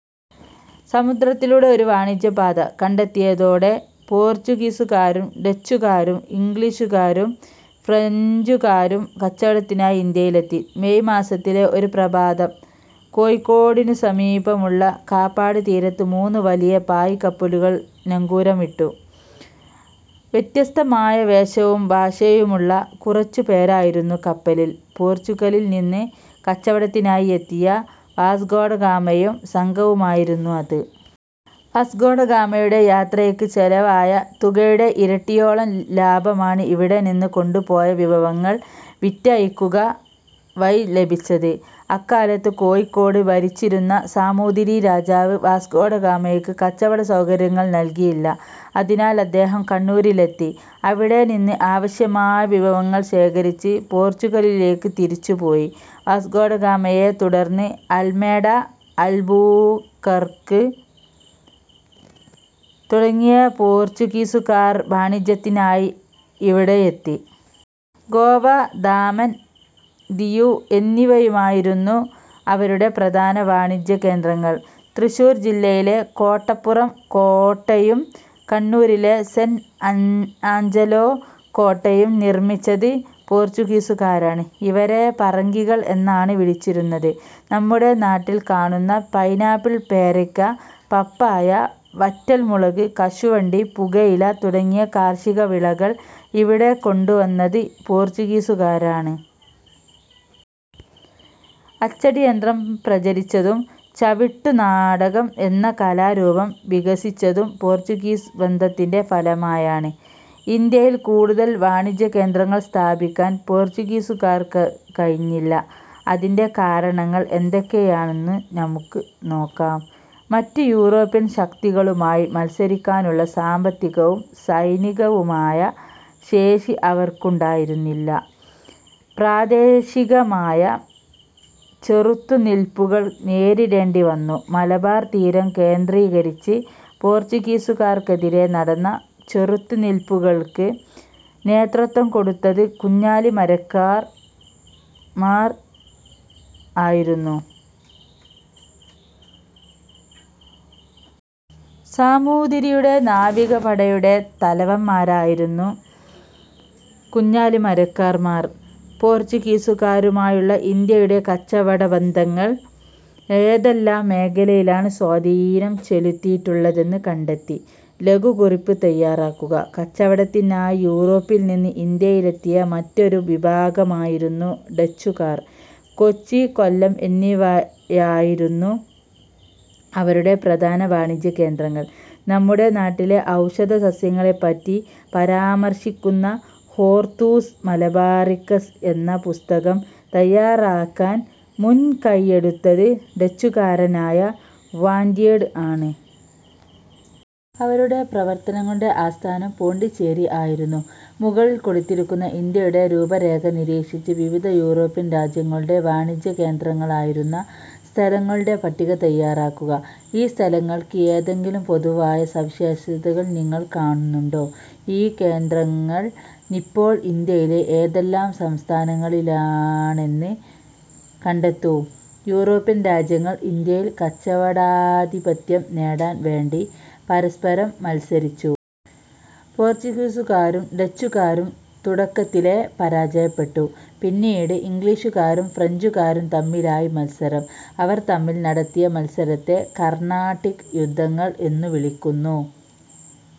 സമുദ്രത്തിലൂടെ ഒരു വാണിജ്യപാത കണ്ടെത്തിയതോടെ പോർച്ചുഗീസുകാരും ഡച്ചുകാരും ഇംഗ്ലീഷുകാരും ഫ്രഞ്ചുകാരും കച്ചവടത്തിനായി ഇന്ത്യയിലെത്തി. മേയ് മാസത്തിലെ ഒരു പ്രഭാതം. കോഴിക്കോടിനു സമീപമുള്ള കാപ്പാട് തീരത്ത് മൂന്ന് വലിയ പായ്ക്കപ്പലുകൾ നങ്കൂരമിട്ടു. വ്യത്യസ്തമായ വേഷവും ഭാഷയുമുള്ള കുറച്ചു പേരായിരുന്നു കപ്പലിൽ. പോർച്ചുഗലിൽ നിന്ന് കച്ചവടത്തിനായി എത്തിയ വാസ്കോഡഗാമയും സംഘവുമായിരുന്നു അത്. വാസ്കോഡഗാമയുടെ യാത്രയ്ക്ക് ചെലവായ തുകയുടെ ഇരട്ടിയോളം ലാഭമാണ് ഇവിടെനിന്ന് കൊണ്ടുപോയ വിഭവങ്ങൾ വിറ്റഴിക്കുക വഴി ലഭിച്ചത്. അക്കാലത്ത് കോഴിക്കോട് ഭരിച്ചിരുന്ന സാമൂതിരി രാജാവ് വാസ്കോഡഗാമയ്ക്ക് കച്ചവടസൗകര്യങ്ങൾ നൽകിയില്ല. അതിനാൽ അദ്ദേഹം കണ്ണൂരിലെത്തി. അവിടെനിന്ന് ആവശ്യമായ വിഭവങ്ങൾ ശേഖരിച്ച് പോർച്ചുഗലിലേക്ക് തിരിച്ചുപോയി. വാസ്കോഡഗാമയെ തുടർന്ന് അൽമേഡ, അൽബുക്കർക്ക് തുടങ്ങിയ പോർച്ചുഗീസുകാർ വാണിജ്യത്തിനായി ഇവിടെയെത്തി. ഗോവ, ദാമൻ, ദിയു എന്നിവയുമായി രുന്നു അവരുടെ പ്രധാന വാണിജ്യകേന്ദ്രങ്ങൾ. തൃശൂർ ജില്ലയിലെ കോട്ടപ്പുറം കോട്ടയും കണ്ണൂരിലെ സെന്റ് ആഞ്ചലോ കോട്ടയും നിർമ്മിച്ചത് പോർച്ചുഗീസുകാരാണ്. ഇവരെ "പറങ്കികൾ" എന്നാണ് വിളിച്ചിരുന്നത്. നമ്മുടെ നാട്ടിൽ കാണുന്ന പൈനാപ്പിൾ, പേരയ്ക്ക, പപ്പായ, വറ്റൽമുളക്, കശുവണ്ടി, പുകയില തുടങ്ങിയ കാർഷിക വിളകൾ ഇവിടെ കൊണ്ടുവന്നത് പോർച്ചുഗീസുകാരാണ്. അച്ചടിയന്ത്രം പ്രചരിച്ചതും ചവിട്ടുനാടകം എന്ന കലാരൂപം വികസിച്ചതും പോർച്ചുഗീസ് ബന്ധത്തിന്റെ ഫലമായാണ്. ഇന്ത്യയിൽ കൂടുതൽ വാണിജ്യകേന്ദ്രങ്ങൾ സ്ഥാപിക്കാൻ പോർച്ചുഗീസുകാർക്ക് കഴിഞ്ഞില്ല. അതിന്റെ കാരണങ്ങൾ എന്തൊക്കെയാണെന്ന് നമുക്ക് നോക്കാം. മറ്റ് യൂറോപ്യൻ ശക്തികളുമായി മത്സരിക്കാനുള്ള സാമ്പത്തികവും സൈനികവുമായ ശേഷി അവർക്കുണ്ടായിരുന്നില്ല. പ്രാദേശികമായ ചെറുത്തു നിൽപ്പുകൾ നേരിടേണ്ടിവന്നു. മലബാർ തീരം കേന്ദ്രീകരിച്ച് പോർച്ചുഗീസുകാർക്കെതിരെ നടന്ന ചെറുത്തുനിൽപ്പുകൾക്ക് നേതൃത്വം കൊടുത്തത് കുഞ്ഞാലിമരയ്ക്കാർമാർ ആയിരുന്നു. സാമൂതിരിയുടെ നാവിക പടയുടെ തലവന്മാരായിരുന്നു കുഞ്ഞാലിമരയ്ക്കാർമാർ. പോർച്ചുഗീസുകാരുമായുള്ള ഇന്ത്യയുടെ കച്ചവടബന്ധങ്ങൾ ഏതെല്ലാം മേഖലയിലാണ് സ്വാധീനം ചെലുത്തിയിട്ടുള്ളതെന്ന് കണ്ടെത്തി ലഘുകുറിപ്പ് തയ്യാറാക്കുക. കച്ചവടത്തിനായി യൂറോപ്പിൽനിന്ന് ഇന്ത്യയിലെത്തിയ മറ്റൊരു വിഭാഗമായിരുന്നു ഡച്ചുകാർ. കൊച്ചി, കൊല്ലം എന്നിവയായിരുന്നു അവരുടെ പ്രധാന വാണിജ്യകേന്ദ്രങ്ങൾ. നമ്മുടെ നാട്ടിലെ ഔഷധസസ്യങ്ങളെപ്പറ്റി പരാമർശിക്കുന്ന ഹോർത്തൂസ് മലബാറിക്കസ് എന്ന പുസ്തകം തയ്യാറാക്കാൻ മുൻകൈയെടുത്തത് ഡച്ചുകാരനായ വാന്റീഡ് ആണ്. അവരുടെ പ്രവർത്തനങ്ങളുടെ ആസ്ഥാനം പോണ്ടിച്ചേരി ആയിരുന്നു. മുകളിൽ കൊടുത്തിരിക്കുന്ന ഇന്ത്യയുടെ രൂപരേഖ നിരീക്ഷിച്ച് വിവിധ യൂറോപ്യൻ രാജ്യങ്ങളുടെ വാണിജ്യകേന്ദ്രങ്ങളായിരുന്ന സ്ഥലങ്ങളുടെ പട്ടിക തയ്യാറാക്കുക. ഈ സ്ഥലങ്ങൾക്ക് എന്തെങ്കിലും പൊതുവായ സവിശേഷത നിങ്ങൾ കാണുന്നുണ്ടോ? ഈ കേന്ദ്രങ്ങൾ ഇപ്പോൾ ഇന്ത്യയിലെ ഏതെല്ലാം സംസ്ഥാനങ്ങളിലാണെന്ന് കണ്ടെത്തു. യൂറോപ്യൻ രാജ്യങ്ങൾ ഇന്ത്യയിൽ കച്ചവടാധിപത്യം നേടാൻ വേണ്ടി പരസ്പരം മത്സരിച്ചു. പോർച്ചുഗീസുകാരും ഡച്ചുകാരും തുടക്കത്തിലേ പരാജയപ്പെട്ടു. പിന്നീട്, ഇംഗ്ലീഷുകാരും ഫ്രഞ്ചുകാരും തമ്മിലായി മത്സരം. അവർ തമ്മിൽ നടത്തിയ മത്സരത്തെ കർണാട്ടിക് യുദ്ധങ്ങൾ എന്നു വിളിക്കുന്നു.